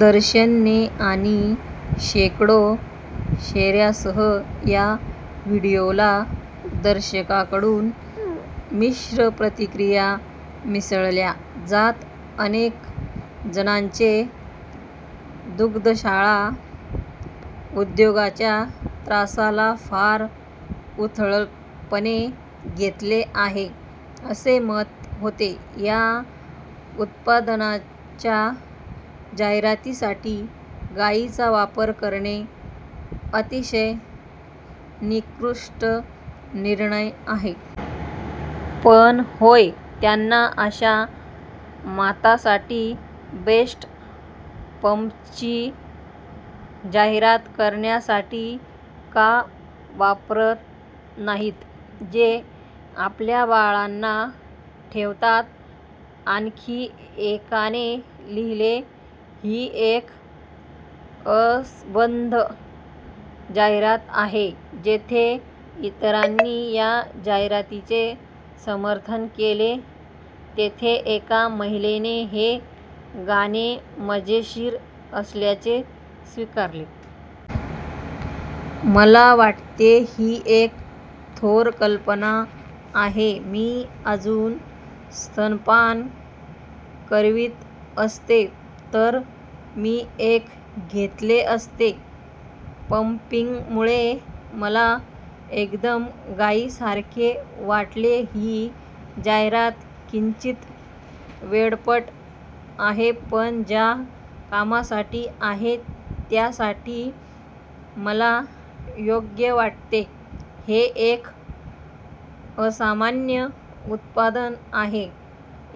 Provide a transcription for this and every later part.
दर्शने आणि शेकडो शेऱ्यांसह, या व्हिडिओला दर्शकांकडून मिश्र प्रतिक्रिया मिळाल्या, ज्यात अनेक जणांचे दुग्धशाळा उद्योगाच्या "त्रासा"ला फार उथळपणे घेतले आहे असे मत होते. "या उत्पादनाच्या जाहिरातीसाठी गाईंचा वापर करणे अतिशय निकृष्ट निर्णय आहे. पण होय, त्यांना अशा मातांसाठी ब्रेस्ट पंपची जाहिरात करण्यासाठी का वापरत नाहीत, जे आपल्या बाळांना ठेवतात? " आणखी एकाने लिहिले: "ही एक असंबद्ध जाहिरात आहे. " जेथे इतरांनी या जाहिरातीचे समर्थन केले, तेथे एका महिलेने हे गाणे "मजेशीर" असल्याचे स्वीकारले. "मला वाटते ही एक थोर कल्पना आहे. मी अजून स्तनपान करवीत असते तर मी एक घेतले असते पंपिंगमुळे मला एकदम गाईसारखे वाटले ही जाहिरात किंचित वेडपट आहे पण ज्या कामासाठी आहे त्यासाठी मला योग्य वाटते हे एक असामान्य उत्पादन आहे,"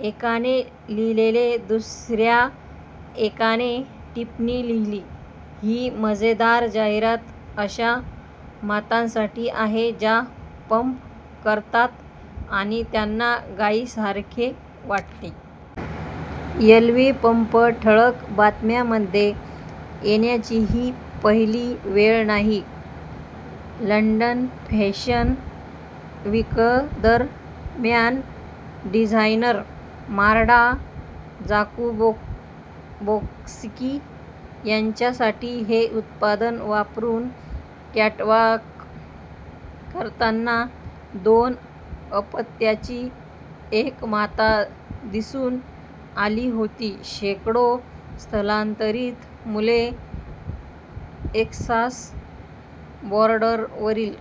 एकाने लिहिले दुसऱ्या एकाने टिप्पणी लिहिली: "ही मजेदार जाहिरात अशा मातांसाठी आहे ज्या पंप करतात आणि त्यांना गाईंसारखे वाटते. एल्वि पंप ठळक बातम्यांमध्ये येण्याची ही पहिली वेळ नाही. लंडन फॅशन विकदरम्यान, डिझायनर मार्टा जाकुबोव्स्की यांच्यासाठी, हे उत्पादन वापरून कॅटवाक करताना दोन अपत्यांची एक माता दिसून आली होती. शेकडो स्थलांतरित मुले टेक्सास बॉर्डरवरील